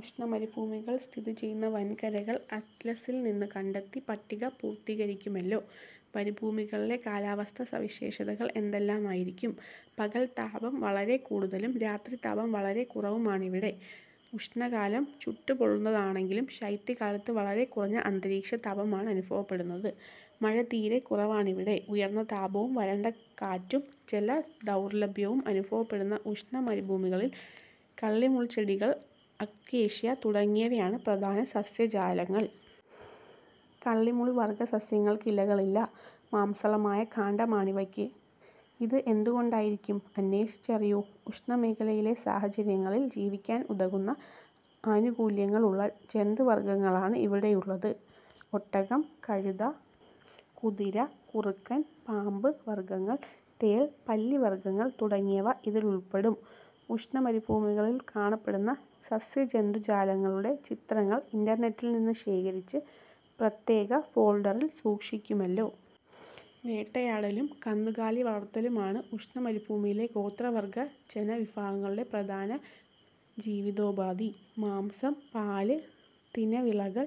ഉഷ്ണമരുഭൂമികൾ സ്ഥിതി ചെയ്യുന്ന വൻകരകൾ അറ്റ്ലസിൽ നിന്ന് കണ്ടെത്തി പട്ടിക പൂർത്തീകരിക്കുമല്ലോ. മരുഭൂമികളിലെ കാലാവസ്ഥാ സവിശേഷതകൾ എന്തെല്ലാമായിരിക്കും? പകൽ താപം വളരെ കൂടുതലും രാത്രി താപം വളരെ കുറവുമാണിവിടെ. ഉഷ്ണകാലം ചുട്ടുപൊള്ളുന്നതാണെങ്കിലും ശൈത്യകാലത്ത് വളരെ കുറഞ്ഞ അന്തരീക്ഷതാപമാണ് അനുഭവപ്പെടുന്നത്. മഴ തീരെ കുറവാണിവിടെ. ഉയർന്ന താപവും വരണ്ട കാറ്റും ജല ദൗർലഭ്യവും അനുഭവപ്പെടുന്ന ഉഷ്ണ മരുഭൂമികളിൽ കള്ളിമുൾച്ചെടികൾ, അക്കേഷ്യ, തുടങ്ങിയവയാണ് പ്രധാന സസ്യജാലങ്ങൾ. കള്ളിമുൾവർഗ്ഗ സസ്യങ്ങൾക്ക് ഇലകളില്ല. മാംസളമായ കാണ്ഡമാണിവയ്ക്ക്. ഇത് എന്തുകൊണ്ടായിരിക്കാം? അന്വേഷിച്ചറിയൂ. ഉഷ്ണ മരുഭൂമിയിലെ സാഹചര്യങ്ങളിൽ ജീവിക്കാൻ ഉതകുന്ന അനുകൂലനങ്ങൾ ഉള്ള ജന്തുവർഗ്ഗങ്ങളാണ് ഇവിടെയുള്ളത്. ഒട്ടകം, കഴുത, കുതിര, കുറുക്കൻ, പാമ്പു വർഗ്ഗങ്ങൾ, തേൾ, പല്ലിവർഗ്ഗങ്ങൾ തുടങ്ങിയവ ഇതിൽ ഉൾപ്പെടും. ഉഷ്ണമരുഭൂമികളിൽ കാണപ്പെടുന്ന സസ്യജന്തുജാലങ്ങളുടെ ചിത്രങ്ങൾ ഇന്റർനെറ്റിൽ നിന്ന് ശേഖരിച്ച് പ്രത്യേക ഫോൾഡറിൽ സൂക്ഷിക്കുമല്ലോ. വേട്ടയാടലും കന്നുകാലി വളർത്തലുമാണ് ഉഷ്ണ മരുഭൂമികളിലെ ഗോത്രവർഗ്ഗജനവിഭാഗങ്ങളുടെ പ്രധാന ജീവിതോപാധി. മാംസം, പാൽ, തിനവിളകൾ,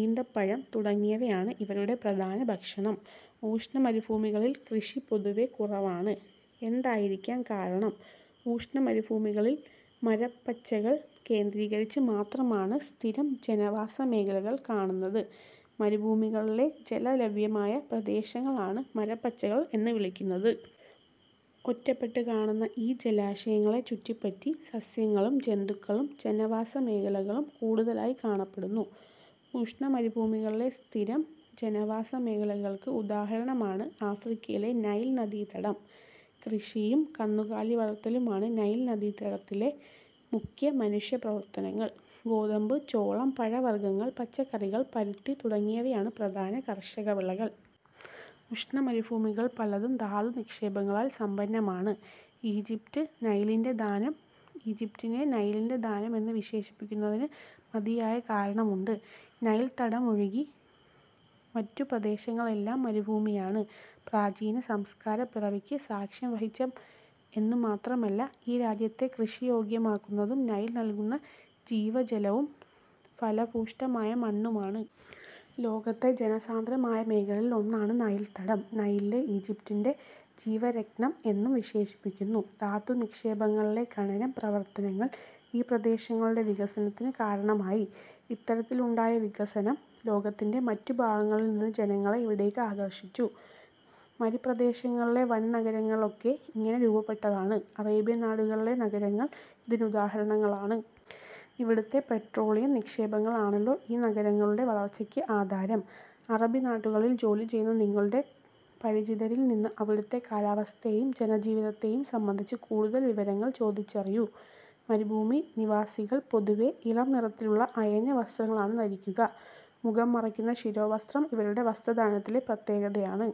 ഈന്തപ്പഴം തുടങ്ങിയവയാണ് ഇവരുടെ പ്രധാന ഭക്ഷണം. ഉഷ്ണമരുഭൂമികളിൽ കൃഷി പൊതുവെ കുറവാണ്. എന്തായിരിക്കാം കാരണം? ഉഷ്ണമരുഭൂമികളിൽ മരുപ്പച്ചകൾ കേന്ദ്രീകരിച്ച് മാത്രമാണ് സ്ഥിരം ജനവാസമേഖലകൾ കാണുന്നത്. മരുഭൂമികളിലെ ജലലഭ്യമായ പ്രദേശങ്ങളെയാണ് മരുപ്പച്ചകൾ എന്നു വിളിക്കുന്നത്. ഒറ്റപ്പെട്ടു കാണുന്ന ഈ ജലാശയങ്ങളെ ചുറ്റിപ്പറ്റി സസ്യങ്ങളും ജന്തുക്കളും ജനവാസമേഖലകളും കൂടുതലായി കാണപ്പെടുന്നു. ഉഷ്ണ മരുഭൂമികളിലെ സ്ഥിരം ജനവാസമേഖലകൾക്ക് ഉദാഹരണമാണ് ആഫ്രിക്കയിലെ നൈൽ നദീതടം. കൃഷിയും കന്നുകാലി വളർത്തലുമാണ് നൈൽ നദീതടത്തിലെ മുഖ്യ മനുഷ്യപ്രവർത്തനങ്ങൾ. ഗോതമ്പ്, ചോളം, പഴവർഗ്ഗങ്ങൾ, പച്ചക്കറികൾ, പരുത്തി തുടങ്ങിയവയാണ് പ്രധാന കാർഷികവിളകൾ. ഉഷ്ണ മരുഭൂമികൾ പലതും ധാതുനിക്ഷേപങ്ങളാൽ സമ്പന്നമാണ്. ഈജിപ്ത്: നൈലിന്റെ ദാനം ഈജിപ്തിനെ നൈലിന്റെ ദാനം എന്ന് വിശേഷിപ്പിക്കുന്നതിന് മതിയായ കാരണമുണ്ട്. നൈൽ തടം ഒഴികെ മറ്റു പ്രദേശങ്ങളെല്ലാം മരുഭൂമിയാണ്. പ്രാചീന സംസ്കാരപ്പിറവിക്ക് സാക്ഷ്യം വഹിച്ചു എന്നുമാത്രമല്ല, ഈ രാജ്യത്തെ കൃഷിയോഗ്യമാക്കുന്നതും നൈൽ നൽകുന്ന ജീവജലവും ഫലഭൂയിഷ്ഠമായ മണ്ണുമാണ്. ലോകത്തെ ജനസാന്ദ്രമായ മേഖലകളിൽ ഒന്നാണ് നൈൽ തടം. നൈലിനെ ഈജിപ്തിന്റെ ജീവരക്തം എന്നും വിശേഷിപ്പിക്കുന്നു. ധാതു നിക്ഷേപങ്ങളിലെ ഖനനം പ്രവർത്തനങ്ങൾ ഈ പ്രദേശങ്ങളുടെ വികസനത്തിന് കാരണമായി. ഇത്തരത്തിലുണ്ടായ വികസനം ലോകത്തിന്റെ മറ്റു ഭാഗങ്ങളിൽനിന്ന് ജനങ്ങളെ ഇവിടേക്ക് ആകർഷിച്ചു. മരുപ്രദേശങ്ങളിലെ വൻനഗരങ്ങളൊക്കെ ഇങ്ങനെ രൂപപ്പെട്ടതാണ്. അറേബ്യൻ നാടുകളിലെ നഗരങ്ങൾ ഇതിനുദാഹരണങ്ങളാണ്. ഇവിടത്തെ പെട്രോളിയം നിക്ഷേപങ്ങളാണല്ലോ ഈ നഗരങ്ങളുടെ വളർച്ചയ്ക്ക് ആധാരം. അറബിനാടുകളിൽ ജോലി ചെയ്യുന്ന നിങ്ങളുടെ പരിചിതരിൽ നിന്ന് അവിടുത്തെ കാലാവസ്ഥയെയും ജന ജീവിതത്തെയും സംബന്ധിച്ച് കൂടുതൽ വിവരങ്ങൾ ചോദിച്ചറിയൂ. മരുഭൂമി നിവാസികൾ പൊതുവേ ഇളംനിറത്തിലുള്ള അയഞ്ഞ വസ്ത്രങ്ങളാണ് ധരിക്കുക. മുഖം മറയ്ക്കുന്ന ശിരോവസ്ത്രം ഇവരുടെ വസ്ത്രധാരണത്തിലെ പ്രത്യേകതയാണ്.